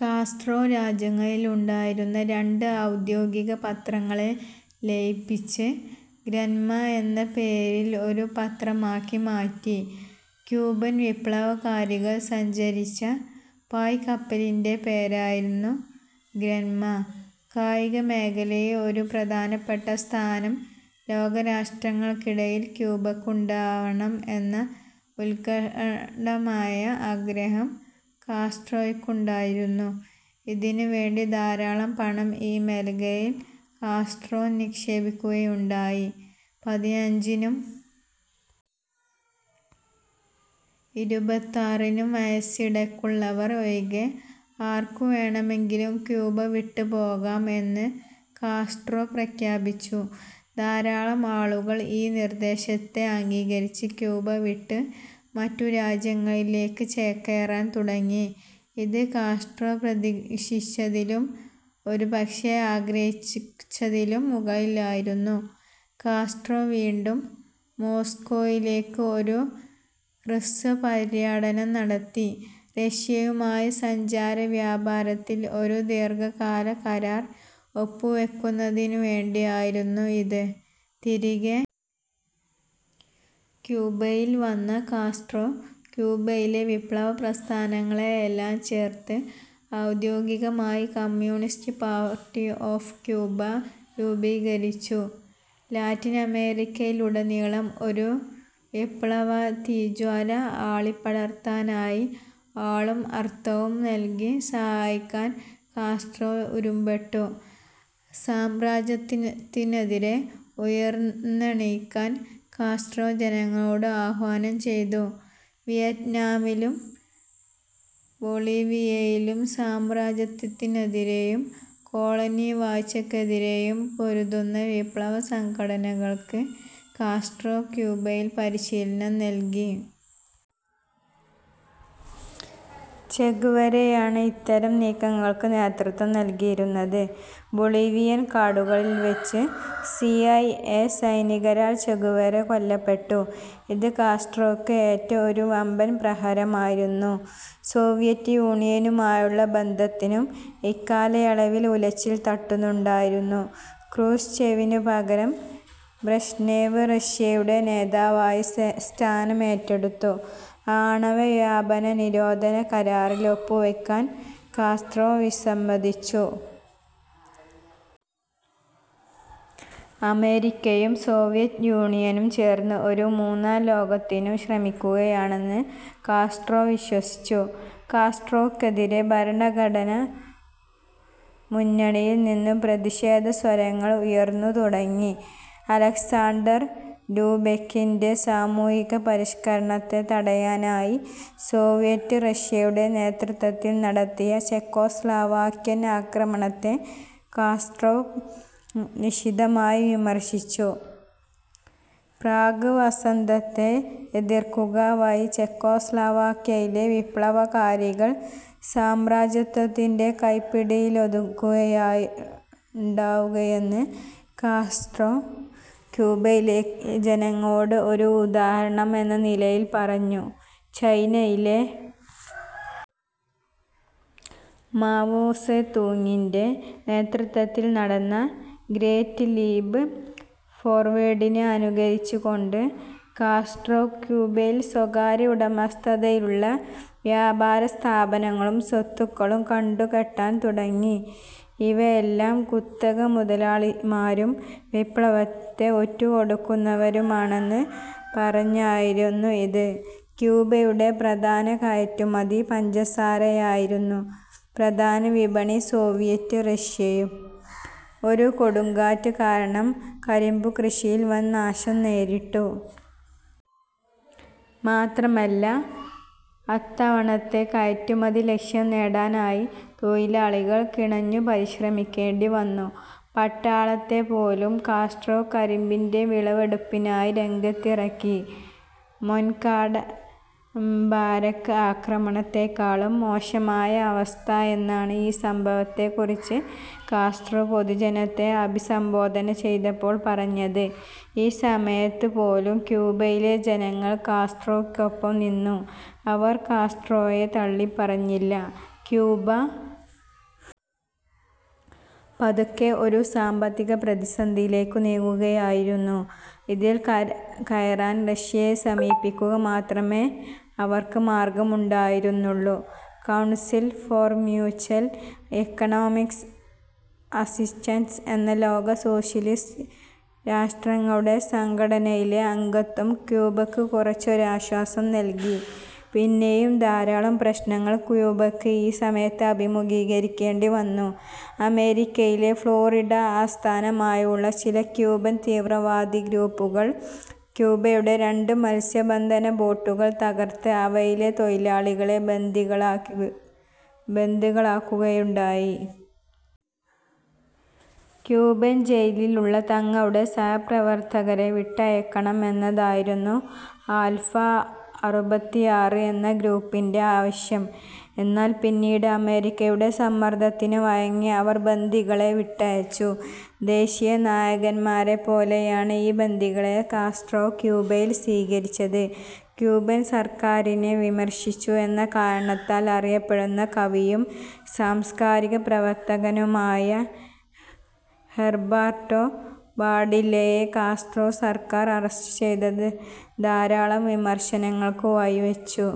Castro രാജ്യത്തുണ്ടായിരുന്ന രണ്ട് ഔദ്യോഗിക പത്രങ്ങളെ ലയിപ്പിച്ച് ഗ്രന്മ എന്ന പേരിൽ ഒരു പത്രമാക്കി മാറ്റി. ക്യൂബൻ വിപ്ലവകാരികൾ സഞ്ചരിച്ച പായ്ക്കപ്പലിൻറെ പേരായിരുന്നു ഗ്രന്മ. കായികമേഖലയിൽ ഒരു പ്രധാനപ്പെട്ട സ്ഥാനം ലോകരാഷ്ട്രങ്ങൾക്കിടയിൽ ക്യൂബയ്ക്കുണ്ടാവണം എന്ന ഉൽക്കടമായ ആഗ്രഹം കാസ്ട്രോയ്ക്കുണ്ടായിരുന്നു. ഇതിനുവേണ്ടി ധാരാളം പണം ഈ മേഖലയിൽ കാസ്ട്രോ നിക്ഷേപിക്കുകയുണ്ടായി. പതിനഞ്ചിനും ഇരുപത്താറിനും വയസ്സിനിടയ്ക്കുള്ളവർ ഒഴികെ ആർക്കുവേണമെങ്കിലും ക്യൂബ വിട്ടുപോകാം എന്ന് കാസ്ട്രോ പ്രഖ്യാപിച്ചു. ധാരാളം ആളുകൾ ഈ നിർദ്ദേശത്തെ അംഗീകരിച്ച് ക്യൂബ വിട്ട് മറ്റു രാജ്യങ്ങളിലേക്കു ചേക്കേറാൻ തുടങ്ങി. ഇത് കാസ്ട്രോ പ്രതീക്ഷിച്ചതിലും, ഒരു പക്ഷേ ആഗ്രഹിച്ചതിലും മുകളിലായിരുന്നു. കാസ്ട്രോ വീണ്ടും മോസ്കോയിലേക്ക് ഒരു ഹ്രസ്വപര്യടനം നടത്തി. റഷ്യയുമായി പഞ്ചസാരവ്യാപാരത്തിൽ ഒരു ദീർഘകാല കരാർ ഒപ്പുവെക്കുന്നതിനുവേണ്ടിയായിരുന്നു ഇത്. തിരികെ ക്യൂബയിൽ വന്ന കാസ്ട്രോ ക്യൂബയിലെ വിപ്ലവപ്രസ്ഥാനങ്ങളെയെല്ലാം ചേർത്ത് ഔദ്യോഗികമായി കമ്മ്യൂണിസ്റ്റ് പാർട്ടി ഓഫ് ക്യൂബ രൂപീകരിച്ചു. ലാറ്റിനമേരിക്കയിലുടനീളം ഒരു വിപ്ലവത്തീജ്വാല ആളിപ്പടർത്താനായി ആളും അർത്ഥവും നൽകി സഹായിക്കാൻ കാസ്ട്രോ ഒരുമ്പെട്ടു. സാമ്രാജ്യത്വത്തിനെതിരേ ഉയർന്നെണീക്കാൻ കാസ്ട്രോ ജനങ്ങളോട് ആഹ്വാനം ചെയ്തു. വിയറ്റ്നാമിലും ബൊളീവിയയിലും സാമ്രാജ്യത്വത്തിനെതിരേയും കോളനിവാഴ്ചയ്ക്കെതിരേയും പൊരുതുന്ന വിപ്ലവസംഘടനകൾക്ക് കാസ്ട്രോ ക്യൂബയിൽ പരിശീലനം നൽകി. ചെ ഗുവേരയാണ് ഇത്തരം നീക്കങ്ങൾക്ക് നേതൃത്വം നൽകിയിരുന്നത്. ബൊളീവിയൻ കാടുകളിൽവച്ച് സി ഐ എ സൈനികരാൽ ചെ ഗുവേര കൊല്ലപ്പെട്ടു. ഇത് കാസ്ട്രോയ്ക്ക് ഏറ്റ ഒരു വമ്പൻ പ്രഹരമായിരുന്നു. സോവിയറ്റ് യൂണിയനുമായുള്ള ബന്ധത്തിനും ഇക്കാലയളവിൽ ഉലച്ചിൽ തട്ടുന്നുണ്ടായിരുന്നു. ക്രൂഷ്ചേവിനു പകരം ബ്രഷ്നേവ് റഷ്യയുടെ നേതാവായി സ്ഥാനമേറ്റെടുത്തു. ആണവവ്യാപനനിരോധന കരാറിൽ ഒപ്പുവയ്ക്കാൻ കാസ്ട്രോ വിസമ്മതിച്ചു. അമേരിക്കയും സോവിയറ്റ് യൂണിയനും ചേർന്ന് ഒരു മൂന്നാംലോകത്തിനു ശ്രമിക്കുകയാണെന്ന് കാസ്ട്രോ വിശ്വസിച്ചു. കാസ്ട്രോയ്ക്കെതിരേ ഭരണ മുന്നണിയിൽനിന്നും പ്രതിഷേധസ്വരങ്ങൾ ഉയർന്നുതുടങ്ങി. അലക്സാണ്ടർ ഡ്യൂബെക്കിൻറെ സാമൂഹിക പരിഷ്കരണത്തെ തടയാനായി സോവിയറ്റ് റഷ്യയുടെ നേതൃത്വത്തിൽ നടത്തിയ ചെക്കോസ്ലോവാക്യൻ ആക്രമണത്തെ കാസ്ട്രോ നിശിതമായി വിമർശിച്ചു. പ്രാഗ് വസന്തത്തെ എതിർക്കുക വഴി ചെക്കോസ്ലോവാക്യയിലെ വിപ്ലവകാരികൾ സാമ്രാജ്യത്വത്തിൻറെ കൈപ്പിടിയിലൊതുങ്ങുകയാണുണ്ടാവുകയെന്ന് കാസ്ട്രോ ക്യൂബയിലെ ജനങ്ങളോട് ഒരു ഉദാഹരണം എന്ന നിലയിൽ പറഞ്ഞു. ചൈനയിലെ മാവോ സേ തൂങ്ങിൻറെ നേതൃത്വത്തിൽ നടന്ന ഗ്രേറ്റ് ലീപ് ഫോർവേഡിനെ അനുകരിച്ചുകൊണ്ട് കാസ്ട്രോ ക്യൂബയിലെ സ്വകാര്യ ഉടമസ്ഥതയിലുള്ള വ്യാപാരസ്ഥാപനങ്ങളും സ്വത്തുക്കളും കണ്ടുകെട്ടാൻ തുടങ്ങി. ഇവരെല്ലാം കുത്തകമുതലാളിമാരും വിപ്ലവത്തെ ഒറ്റുകൊടുക്കുന്നവരുമാണെന്ന് പറഞ്ഞായിരുന്നു ഇത്. ക്യൂബയുടെ പ്രധാന കയറ്റുമതി പഞ്ചസാര ആയിരുന്നു. പ്രധാന വിപണി സോവിയറ്റ് റഷ്യയും. ഒരു കൊടുങ്കാറ്റ് കാരണം കരിമ്പുകൃഷിയിൽ വൻ നാശം നേരിട്ടു. മാത്രമല്ല, അത്തവണത്തെ കയറ്റുമതി ലക്ഷ്യം നേടാനായി തൊഴിലാളികൾ കിണഞ്ഞു പരിശ്രമിക്കേണ്ടിവന്നു. പട്ടാളത്തെപ്പോലും കാസ്ട്രോ കരിമ്പിൻറെ വിളവെടുപ്പിനായി രംഗത്തിറക്കി. മൊൻകാട ബാരക്ക് ആക്രമണത്തേക്കാളും മോശമായ അവസ്ഥ എന്നാണ് ഈ സംഭവത്തെക്കുറിച്ച് കാസ്ട്രോ പൊതുജനത്തെ അഭിസംബോധന ചെയ്തപ്പോൾ പറഞ്ഞത്. ഈ സമയത്തുപോലും ക്യൂബയിലെ ജനങ്ങൾ കാസ്ട്രോയ്ക്കൊപ്പം നിന്നു. അവർ കാസ്ട്രോയെ തള്ളിപ്പറഞ്ഞില്ല. ക്യൂബ പതുക്കെ ഒരു സാമ്പത്തിക പ്രതിസന്ധിയിലേക്കു നീങ്ങുകയായിരുന്നു. ഇതിൽനിന്നും കരകയറാൻ റഷ്യയെ സമീപിക്കുക മാത്രമേ അവർക്ക് മാർഗ്ഗമുണ്ടായിരുന്നുള്ളൂ. Council for Mutual Economic Assistance എന്ന ലോക സോഷ്യലിസ്റ്റ് രാഷ്ട്രങ്ങളുടെ സംഘടനയിലെ അംഗത്വം ക്യൂബയ്ക്ക് കുറച്ചൊരാശ്വാസം നൽകി. പിന്നെയും ധാരാളം പ്രശ്നങ്ങൾ ക്യൂബയ്ക്ക് ഈ സമയത്ത് അഭിമുഖീകരിക്കേണ്ടിവന്നു. അമേരിക്കയിലെ ഫ്ലോറിഡ ആസ്ഥാനമായുള്ള ചില ക്യൂബൻ തീവ്രവാദി ഗ്രൂപ്പുകൾ ക്യൂബയുടെ രണ്ട് മത്സ്യബന്ധന ബോട്ടുകൾ തകർത്ത് അവയിലെ തൊഴിലാളികളെ ബന്ദികളാക്കുകയുണ്ടായി. ക്യൂബൻ ജയിലിലുള്ള തങ്ങളുടെ സഹപ്രവർത്തകരെ വിട്ടയക്കണം എന്നതായിരുന്നു ആൽഫ അറുപത്തിയാറ് എന്ന ഈ ഗ്രൂപ്പിൻറെ ആവശ്യം. എന്നാൽ പിന്നീട് അമേരിക്കയുടെ സമ്മർദ്ദത്തിനു വഴങ്ങി ഇവർ ബന്ദികളെ വിട്ടയച്ചു. ദേശീയ നായകന്മാരെപ്പോലെയാണ് ഈ ബന്ദികളെ കാസ്ട്രോ ക്യൂബയിൽ സ്വീകരിച്ചത്. ക്യൂബൻ സർക്കാരിനെ വിമർശിച്ചു എന്ന കാരണത്താൽ അറിയപ്പെടുന്ന കവിയും സാംസ്കാരികപ്രവർത്തകനുമായ ഹെർബർട്ടോ പാഡില്ലയെ കാസ്ട്രോ സർക്കാർ അറസ്റ്റ് ചെയ്തത് ധാരാളം വിമർശനങ്ങൾക്ക് വഴിവച്ചു.